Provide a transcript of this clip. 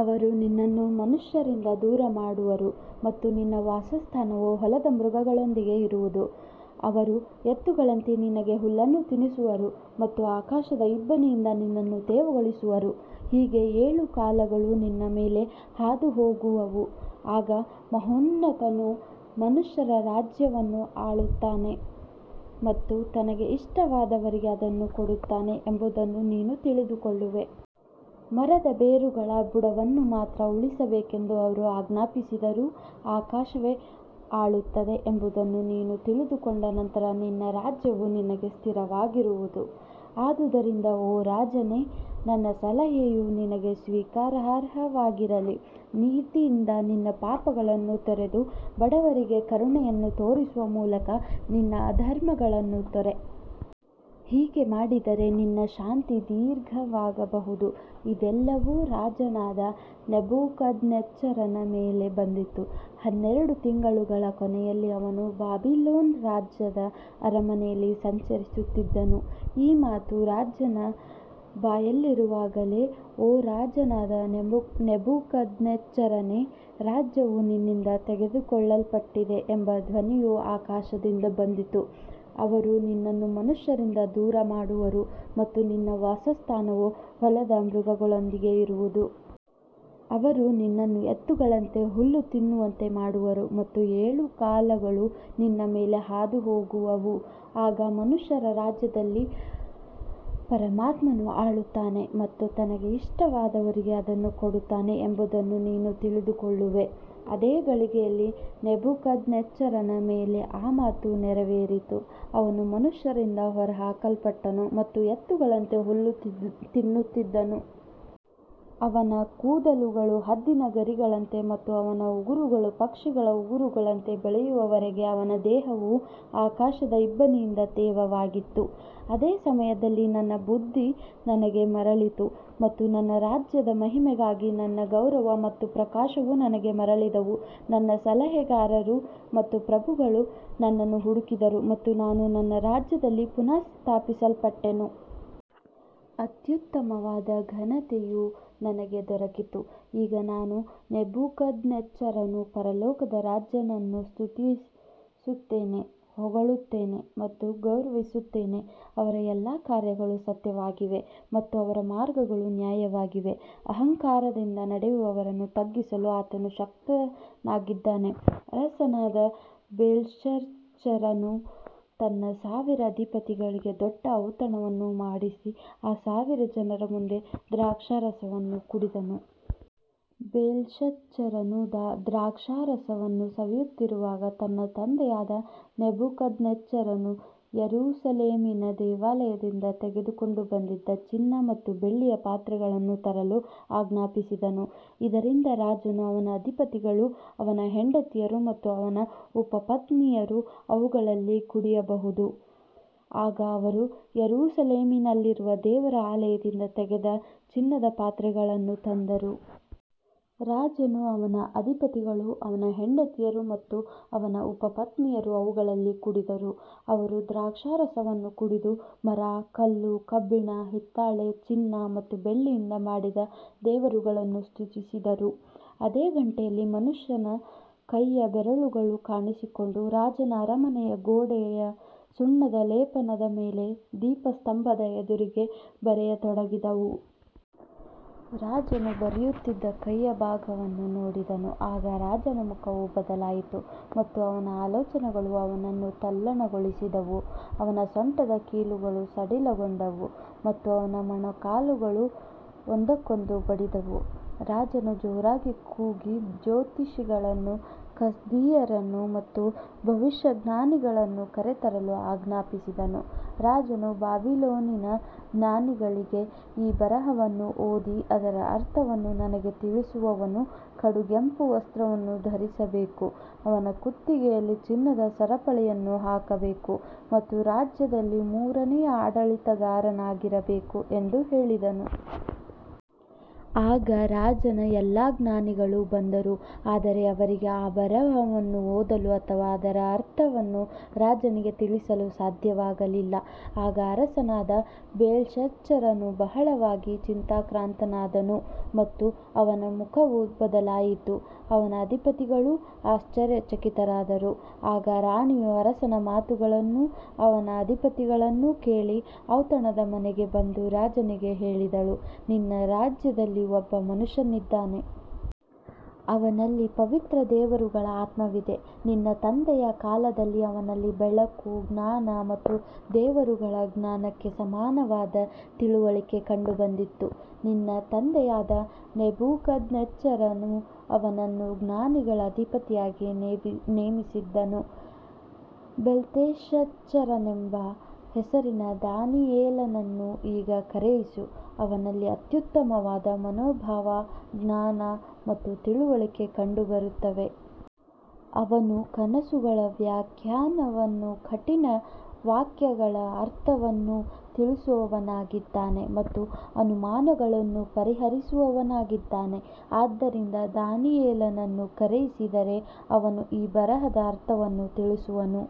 ಅವರು ನಿನ್ನನ್ನು ಮನುಷ್ಯರಿಂದ ದೂರಮಾಡುವರು ಮತ್ತು ನಿನ್ನ ವಾಸಸ್ಥಾನವು ಹೊಲದ ಮೃಗಗಳೊಂದಿಗೆ ಇರುವದು. ಅವರು ಎತ್ತುಗಳಂತೆ ನಿನಗೆ ಹುಲ್ಲನ್ನು ತಿನ್ನಿಸುವರು ಮತ್ತು ಆಕಾಶದ ಇಬ್ಬನಿಯಿಂದ ನಿನ್ನನ್ನು ತೇವಗೊಳಿಸುವರು. ಹೀಗೆ ಏಳು ಕಾಲಗಳು ನಿನ್ನ ಮೇಲೆ ಹಾದುಹೋಗುವವು, ಆಗ ಮಹೋನ್ನತನು ಮನುಷ್ಯರ ರಾಜ್ಯವನ್ನು ಆಳುತ್ತಾನೆ ಮತ್ತು ತನಗೆ ಇಷ್ಟವಾದವರಿಗೆ ಅದನ್ನು ಕೊಡುತ್ತಾನೆ ಎಂಬುದನ್ನು ನೀನು ತಿಳಿದುಕೊಳ್ಳುವೆ. ಮರದ ಬೇರುಗಳ ಬುಡವನ್ನು ಮಾತ್ರ ಉಳಿಸಬೇಕೆಂದು ಅವರು ಆಜ್ಞಾಪಿಸಿದರೂ, ಆಕಾಶವೇ ಆಳುತ್ತದೆ ಎಂಬುದನ್ನು ನೀನು ತಿಳಿದುಕೊಂಡ ನಂತರ ನಿನ್ನ ರಾಜ್ಯವು ನಿನಗೆ ಸ್ಥಿರವಾಗಿರುವದು. ಆದುದರಿಂದ ಓ ರಾಜನೇ, ನನ್ನ ಸಲಹೆಯು ನಿನಗೆ ಸ್ವೀಕಾರಾರ್ಹವಾಗಿರಲಿ. ನೀತಿಯಿಂದ ನಿನ್ನ ಪಾಪಗಳನ್ನು ತೊರೆದು, ಬಡವರಿಗೆ ಕರುಣೆಯನ್ನು ತೋರಿಸುವ ಮೂಲಕ ನಿನ್ನ ಅಧರ್ಮಗಳನ್ನು ತೊರೆ. ಹೀಗೆ ಮಾಡಿದರೆ ನಿನ್ನ ಶಾಂತಿ ದೀರ್ಘವಾಗಬಹುದು. ಇದೆಲ್ಲವೂ ರಾಜನಾದ ನೆಬೂಕದ್ನೆಚ್ಚರನ ಮೇಲೆ ಬಂದಿತು. ಹನ್ನೆರಡು ತಿಂಗಳುಗಳ ಕೊನೆಯಲ್ಲಿ ಅವನು ಬಾಬಿಲೋನ್ ರಾಜ್ಯದ ಅರಮನೆಯಲ್ಲಿ ಸಂಚರಿಸುತ್ತಿದ್ದನು. ಈ ಮಾತು ರಾಜನ ಬಾಯಲ್ಲಿರುವಾಗಲೇ, ಓ ರಾಜನಾದ ನೆಬೂಕದ್ನೆಚ್ಚರನೇ, ರಾಜ್ಯವು ನಿನ್ನಿಂದ ತೆಗೆದುಕೊಳ್ಳಲ್ಪಟ್ಟಿದೆ ಎಂಬ ಧ್ವನಿಯು ಆಕಾಶದಿಂದ ಬಂದಿತು. ಅವರು ನಿನ್ನನ್ನು ಮನುಷ್ಯರಿಂದ ದೂರಮಾಡುವರು ಮತ್ತು ನಿನ್ನ ವಾಸಸ್ಥಾನವು ಹೊಲದ ಮೃಗಗಳೊಂದಿಗೆ ಇರುವದು. ಅವರು ನಿನ್ನನ್ನು ಎತ್ತುಗಳಂತೆ ಹುಲ್ಲು ತಿನ್ನುವಂತೆ ಮಾಡುವರು ಮತ್ತು ಏಳು ಕಾಲಗಳು ನಿನ್ನ ಮೇಲೆ ಹಾದುಹೋಗುವವು. ಆಗ ಮನುಷ್ಯರ ರಾಜ್ಯದಲ್ಲಿ ಪರಮಾತ್ಮನು ಆಳುತ್ತಾನೆ ಮತ್ತು ತನಗೆ ಇಷ್ಟವಾದವರಿಗೆ ಅದನ್ನು ಕೊಡುತ್ತಾನೆ ಎಂಬುದನ್ನು ನೀನು ತಿಳಿದುಕೊಳ್ಳುವೆ. ಅದೇ ಗಳಿಗೆಯಲ್ಲಿ ನೆಬೂಕದ್ನೆಚ್ಚರನ ಮೇಲೆ ಆ ಮಾತು ನೆರವೇರಿತು. ಅವನು ಮನುಷ್ಯರಿಂದ ಹೊರಹಾಕಲ್ಪಟ್ಟನು ಮತ್ತು ಎತ್ತುಗಳಂತೆ ಹುಲ್ಲು ತಿನ್ನುತ್ತಿದ್ದನು. ಅವನ ಕೂದಲುಗಳು ಹದ್ದಿನ ಗರಿಗಳಂತೆ ಮತ್ತು ಅವನ ಉಗುರುಗಳು ಪಕ್ಷಿಗಳ ಉಗುರುಗಳಂತೆ ಬೆಳೆಯುವವರೆಗೆ ಅವನ ದೇಹವು ಆಕಾಶದ ಇಬ್ಬನಿಯಿಂದ ತೇವವಾಗಿತ್ತು. ಅದೇ ಸಮಯದಲ್ಲಿ ನನ್ನ ಬುದ್ಧಿ ನನಗೆ ಮರಳಿತು ಮತ್ತು ನನ್ನ ರಾಜ್ಯದ ಮಹಿಮೆಗಾಗಿ ನನ್ನ ಗೌರವ ಮತ್ತು ಪ್ರಕಾಶವೂ ನನಗೆ ಮರಳಿದವು. ನನ್ನ ಸಲಹೆಗಾರರು ಮತ್ತು ಪ್ರಭುಗಳು ನನ್ನನ್ನು ಹುಡುಕಿದರು ಮತ್ತು ನಾನು ನನ್ನ ರಾಜ್ಯದಲ್ಲಿ ಪುನಃ ಸ್ಥಾಪಿಸಲ್ಪಟ್ಟೆನು. ಅತ್ಯುತ್ತಮವಾದ ಘನತೆಯೂ ನನಗೆ ದೊರಕಿತು. ಈಗ ನಾನು ನೆಬೂಕದ್ನೆಚ್ಚರನು ಪರಲೋಕದ ರಾಜನನ್ನು ಸ್ತುತಿಸುತ್ತೇನೆ, ಹೊಗಳುತ್ತೇನೆ ಮತ್ತು ಗೌರವಿಸುತ್ತೇನೆ. ಅವರ ಎಲ್ಲಾ ಕಾರ್ಯಗಳು ಸತ್ಯವಾಗಿವೆ ಮತ್ತು ಅವರ ಮಾರ್ಗಗಳು ನ್ಯಾಯವಾಗಿವೆ. ಅಹಂಕಾರದಿಂದ ನಡೆಯುವವರನ್ನು ತಗ್ಗಿಸಲು ಆತನು ಶಕ್ತನಾಗಿದ್ದಾನೆ. ಅರಸನಾದ ಬೇಲ್ಶಚ್ಚರನು ತನ್ನ ಸಾವಿರ ಅಧಿಪತಿಗಳಿಗೆ ದೊಡ್ಡ ಔತಣವನ್ನು ಮಾಡಿಸಿ, ಆ ಸಾವಿರ ಜನರ ಮುಂದೆ ದ್ರಾಕ್ಷಾರಸವನ್ನು ಕುಡಿದನು. ಬೇಲ್ಶಚ್ಚರನು ದ್ರಾಕ್ಷಾರಸವನ್ನು ಸವಿಯುತ್ತಿರುವಾಗ, ತನ್ನ ತಂದೆಯಾದ ನೆಬೂಕದ್ನೆಚ್ಚರನು ಯೆರೂಸಲೇಮಿನ ದೇವಾಲಯದಿಂದ ತೆಗೆದುಕೊಂಡು ಬಂದಿದ್ದ ಚಿನ್ನ ಮತ್ತು ಬೆಳ್ಳಿಯ ಪಾತ್ರೆಗಳನ್ನು ತರಲು ಆಜ್ಞಾಪಿಸಿದನು, ಇದರಿಂದ ರಾಜನು, ಅವನ ಅಧಿಪತಿಗಳು, ಅವನ ಹೆಂಡತಿಯರು ಮತ್ತು ಅವನ ಉಪಪತ್ನಿಯರು ಅವುಗಳಲ್ಲಿ ಕುಡಿಯಬಹುದು. ಆಗ ಅವರು ಯೆರೂಸಲೇಮಿನಲ್ಲಿರುವ ದೇವರ ಆಲಯದಿಂದ ತೆಗೆದ ಚಿನ್ನದ ಪಾತ್ರೆಗಳನ್ನು ತಂದರು. ರಾಜನು, ಅವನ ಅಧಿಪತಿಗಳು, ಅವನ ಹೆಂಡತಿಯರು ಮತ್ತು ಅವನ ಉಪಪತ್ನಿಯರು ಅವುಗಳಲ್ಲಿ ಕುಡಿದರು. ಅವರು ದ್ರಾಕ್ಷಾರಸವನ್ನು ಕುಡಿದು, ಮರ, ಕಲ್ಲು, ಕಬ್ಬಿಣ, ಹಿತ್ತಾಳೆ, ಚಿನ್ನ ಮತ್ತು ಬೆಳ್ಳಿಯಿಂದ ಮಾಡಿದ ದೇವರುಗಳನ್ನು ಸ್ತುತಿಸಿದರು. ಅದೇ ಗಂಟೆಯಲ್ಲಿ ಮನುಷ್ಯನ ಕೈಯ ಬೆರಳುಗಳು ಕಾಣಿಸಿಕೊಂಡು, ರಾಜನ ಅರಮನೆಯ ಗೋಡೆಯ ಸುಣ್ಣದ ಲೇಪನದ ಮೇಲೆ ದೀಪಸ್ತಂಭದ ಎದುರಿಗೆ ಬರೆಯತೊಡಗಿದವು. ರಾಜನು ಬರೆಯುತ್ತಿದ್ದ ಕೈಯ ಭಾಗವನ್ನು ನೋಡಿದನು. ಆಗ ರಾಜನ ಮುಖವು ಬದಲಾಯಿತು ಮತ್ತು ಅವನ ಆಲೋಚನೆಗಳು ಅವನನ್ನು ತಲ್ಲಣಗೊಳಿಸಿದವು. ಅವನ ಸೊಂಟದ ಕೀಲುಗಳು ಸಡಿಲಗೊಂಡವು ಮತ್ತು ಅವನ ಮೊಣಕಾಲುಗಳು ಒಂದಕ್ಕೊಂದು ಬಡಿದವು. ರಾಜನು ಜೋರಾಗಿ ಕೂಗಿ ಜ್ಯೋತಿಷಿಗಳನ್ನು, ಕಸ್ದೀಯರನ್ನು ಮತ್ತು ಭವಿಷ್ಯಜ್ಞಾನಿಗಳನ್ನು ಕರೆತರಲು ಆಜ್ಞಾಪಿಸಿದನು. ರಾಜನು ಬಾಬಿಲೋನಿನ ಜ್ಞಾನಿಗಳಿಗೆ, ಈ ಬರಹವನ್ನು ಓದಿ ಅದರ ಅರ್ಥವನ್ನು ನನಗೆ ತಿಳಿಸುವವನು ಕಡುಗೆಂಪು ವಸ್ತ್ರವನ್ನು ಧರಿಸಬೇಕು, ಅವನ ಕುತ್ತಿಗೆಯಲ್ಲಿ ಚಿನ್ನದ ಸರಪಳಿಯನ್ನು ಹಾಕಬೇಕು ಮತ್ತು ರಾಜ್ಯದಲ್ಲಿ ಮೂರನೆಯ ಆಡಳಿತಗಾರನಾಗಬೇಕು ಎಂದು ಹೇಳಿದನು. ಆಗ ರಾಜನ ಎಲ್ಲಾ ಜ್ಞಾನಿಗಳು ಬಂದರು, ಆದರೆ ಅವರಿಗೆ ಆ ಬರಹವನ್ನು ಓದಲು ಅಥವಾ ಅದರ ಅರ್ಥವನ್ನು ರಾಜನಿಗೆ ತಿಳಿಸಲು ಸಾಧ್ಯವಾಗಲಿಲ್ಲ. ಆಗ ಅರಸನಾದ ಬೇಲ್ಶಚ್ಚರನು ಬಹಳವಾಗಿ ಚಿಂತಾಕ್ರಾಂತನಾದನು ಮತ್ತು ಅವನ ಮುಖವು ಬದಲಾಯಿತು. ಅವನ ಅಧಿಪತಿಗಳೂ ಆಶ್ಚರ್ಯಚಕಿತರಾದರು. ಆಗ ರಾಣಿಯು ಅರಸನ ಮಾತುಗಳನ್ನೂ ಅವನ ಅಧಿಪತಿಗಳನ್ನೂ ಕೇಳಿ ಔತಣದ ಮನೆಗೆ ಬಂದು, ರಾಜನಿಗೆ ಹೇಳಿದಳು, ನಿನ್ನ ರಾಜ್ಯದಲ್ಲಿ ಒಬ್ಬ ಮನುಷ್ಯನಿದ್ದಾನೆ. ಅವನಲ್ಲಿ ಪವಿತ್ರ ದೇವರುಗಳ ಆತ್ಮವಿದೆ. ನಿನ್ನ ತಂದೆಯ ಕಾಲದಲ್ಲಿ ಅವನಲ್ಲಿ ಬೆಳಕು, ಜ್ಞಾನ ಮತ್ತು ದೇವರುಗಳ ಜ್ಞಾನಕ್ಕೆ ಸಮಾನವಾದ ತಿಳುವಳಿಕೆ ಕಂಡುಬಂದಿತ್ತು. ನಿನ್ನ ತಂದೆಯಾದ ನೆಬೂಕದ್ನೆಚ್ಚರನು ಅವನನ್ನು ಜ್ಞಾನಿಗಳ ಅಧಿಪತಿಯಾಗಿ ನೇಮಿಸಿದ್ದನು. ಬೆಲ್ತೆಶಚ್ಚರನೆಂಬ ಹೆಸರಿನ ದಾನಿಯೇಲನನ್ನು ಈಗ ಕರೆಯಿಸು. ಅವನಲ್ಲಿ ಅತ್ಯುತ್ತಮವಾದ ಮನೋಭಾವ, ಜ್ಞಾನ ಮತ್ತು ತಿಳುವಳಿಕೆ ಕಂಡುಬರುತ್ತವೆ. ಅವನು ಕನಸುಗಳ ವ್ಯಾಖ್ಯಾನವನ್ನೂ ಕಠಿಣ ವಾಕ್ಯಗಳ ಅರ್ಥವನ್ನೂ ತಿಳಿಸುವವನಾಗಿದ್ದಾನೆ ಮತ್ತು ಅನುಮಾನಗಳನ್ನು ಪರಿಹರಿಸುವವನಾಗಿದ್ದಾನೆ. ಆದ್ದರಿಂದ ದಾನಿಯೇಲನನ್ನು ಕರೆಯಿಸಿದರೆ ಅವನು ಈ ಬರಹದ ಅರ್ಥವನ್ನು ತಿಳಿಸುವನು.